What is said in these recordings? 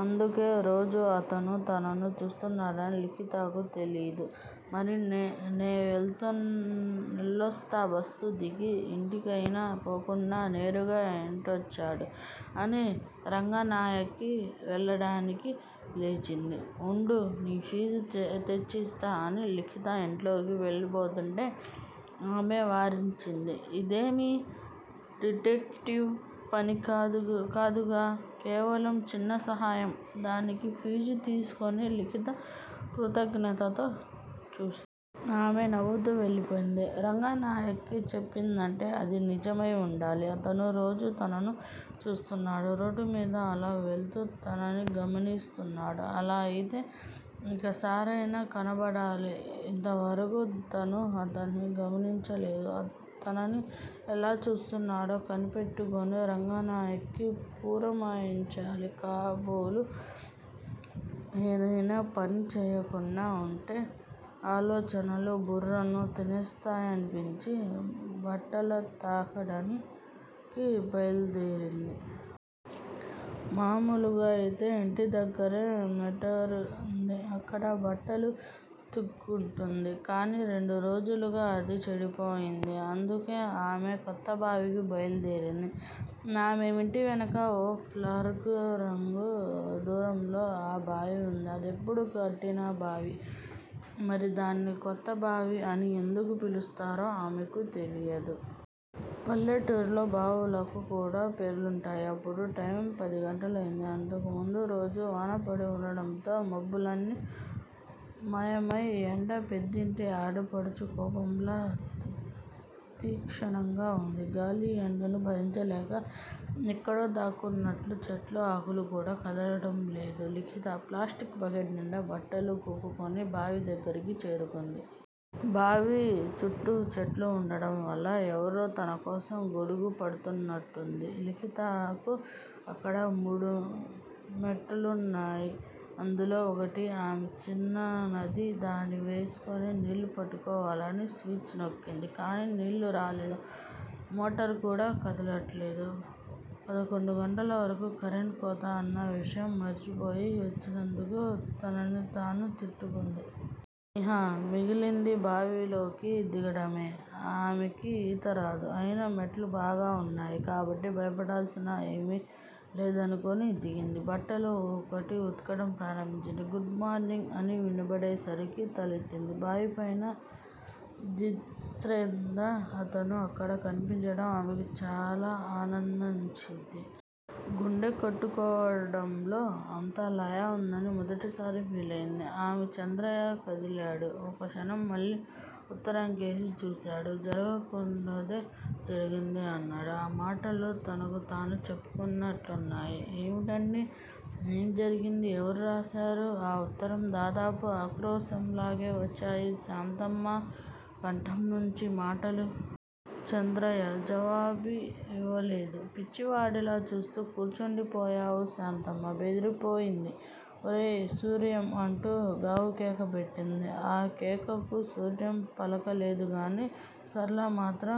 అందుకే రోజూ అతను తనను చూస్తున్నాడని లిఖితకు తెలీదు. మరి నే వెళ్ళొస్తా బస్సు దిగి ఇంటికైనా పోకుండా నేరుగా ఇటొచ్చాను అని రంగనాయకి వెళ్ళడానికి లేచింది. వుండు- నీ ఫీజు తెచ్చిస్తా అని లిఖిత ఇంట్లోకి వెళ్ళబోతుంటే ఆమె వారించింది. ఇదేమి డిటెక్టివ్ పని కాదుగా కేవలం చిన్న సాయం దానికి ఫీజు తీసుకోను లిఖిత కృతజ్ఞతతో చూసింది. ఆమె నవ్వుతూ వెళ్ళిపోయింది. రంగనాయకి చెప్పిందంటే అది నిజమై వుండాలి. అతను రోజూ తనను చూస్తున్నాడా? రోడ్డుమీద అలా వెళుతూ తనని గమనిస్తున్నాడా? అలా అయితే ఒకసారైనా కనబడాలే. ఇంతవరకు తాను అతనిని గమనించలేదు. తనని ఎలా చూస్తున్నాడో కనిపెట్టుకుని రంగనాయకి పురమాయించాలి కాబోలు. ఏదయినా పనిచేయకుండా వుంటే ఆలోచనలు బుర్రను తినేస్తాయనిపించి బట్టలుతకడానికి బయల్దేరింది. మామూలుగా అయితే ఇంటి దగ్గరే మోటరుంది. అక్కడే బట్టలు వుతుక్కుంటుంది. కానీ రెండు రోజులుగా అది చెడిపోయింది. అందుకే ఆమె కొత్తబావికి బయల్దేరింది. ఆమె ఇంటివెనక ఓ ఫర్లాంగు దూరంలో ఆ బావి వుంది. అదెప్పుడో కట్టిన బావి. మరి దాన్ని 'కొత్త బావి' అని ఎందుకు పిలుస్తారో ఆమెకు తెలీదు. పల్లెటూర్లలో బావులకు కూడా పేర్లుంటాయి. అప్పుడు టైమ్ పదిగంటలైంది. అంతకుముందు రోజు వానపడి వుండడంతో మబ్బులన్నీ మాయమై ఎండ పెద్దింటి ఆడపడుచు కోపంలా తీక్షణంగా వుంది. గాలి ఎండను భరించలేక ఎక్కడో దాక్కున్నట్టు చెట్ల ఆకులు కూడా కదలడం లేదు. లిఖిత ప్లాస్టిక్ బకెట్ నిండా బట్టలు కుక్కుకుని బావి దగ్గరికి చేరుకుంది. బావి చుట్టూ చెట్లు వుండడం వల్ల ఎవరో తనకోసం గొడుగు పడుతున్నట్టుంది లిఖితకు. అక్కడ మూడు మోటార్లున్నాయి. అందులో ఒకటి ఆమె చిన్నాన్నది. దాన్ని వేసుకుని నీళ్ళు పట్టుకోవాలని స్విచ్ నొక్కింది కానీ నీళ్ళు రాలేదు. మోటారు కూడా కదల్లేదు. పదకొండు గంటల వరకు కరెంటు కోత అన్న విషయం మరిచిపోయి వచ్చినందుకు తనని తాను తిట్టుకుంది. ఇహ మిగిలింది బావిలోకి దిగడమే. ఆమెకి ఈతరాదు. అయినా మెట్లు బాగా వున్నాయి కాబట్టి భయపడాల్సింది ఏమీ లేదనుకుని దిగింది. బట్టలు ఒక్కొక్కటే వుతకడం ప్రారంభించింది. గుడ్ మార్నింగ్ అని వినబడేసరికి తలెత్తింది. బావి పైన జితేంద్ర. అతను అక్కడ కనిపించడం ఆమెకి చాలా ఆనందాన్నిచ్చింది. గుండె కొట్టుకోవడంలో అంత లయ ఉందని మొదటిసారి ఫీలయ్యింది ఆమె. చంద్రయ్య కదిలాడు. ఓ క్షణం మళ్ళీ ఉత్తరంకేసి చూశాడు. జరగకూడందే జరిగింది! అన్నాడు. ఆ మాటలు తనకుతానే చెప్పుకుంటున్నట్లున్నాయి. ఏమిటండీ! ఏం జరిగింది? ఎవరు రాశారు ఆ ఉత్తరం? దాదాపు ఆక్రోశంలాగే వచ్చాయి శాంతమ్మ కంఠంనుంచి మాటలు. చంద్రయ్య జవాబివ్వలేదు. పిచ్చివాడిలా చూస్తూ కూర్చుండిపోయాడు. శాంతమ్మ బెదిరిపోయింది. ఒరే సూర్యం! అంటూ గావుకేక పెట్టింది. ఆ కేకకు సూర్యం పలకలేదుకాని సరళమాత్రం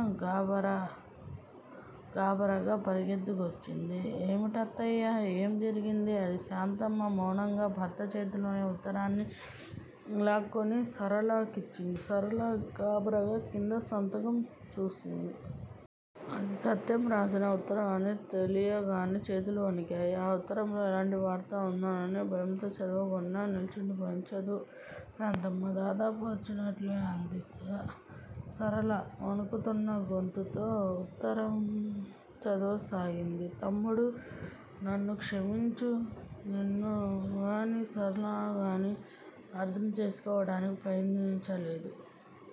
గాబరాగా పరుగెత్తుకొచ్చింది. ఏమిటత్తయ్యా, ఏం జరిగింది? అంది. శాంతమ్మ మౌనంగా భర్త చేతిలోని ఉత్తరాన్ని లాక్కొని సరళ కిచ్చింది. సరళ గాబరాగా కింద సంతకం చూసింది. అది సత్యం రాసిన ఉత్తరం అని తెలియగానే చేతులు వణికాయి. ఆ ఉత్తరంలో ఎలాంటి వార్త ఉందోననే భయంతో చదవకుండా నిల్చుండిపోయింది. చదువు! శాంతమ్మ దాదాపు అరిచినట్లే అంది. సరళ వణుకుతున్న గొంతుతో ఉత్తరం చదవసాగింది: తమ్ముడూ! నన్ను క్షమించు. నిన్నుగానీ, సరళనుగానీ అర్ధం చేసుకోవటానికి ప్రయత్నించలేదు.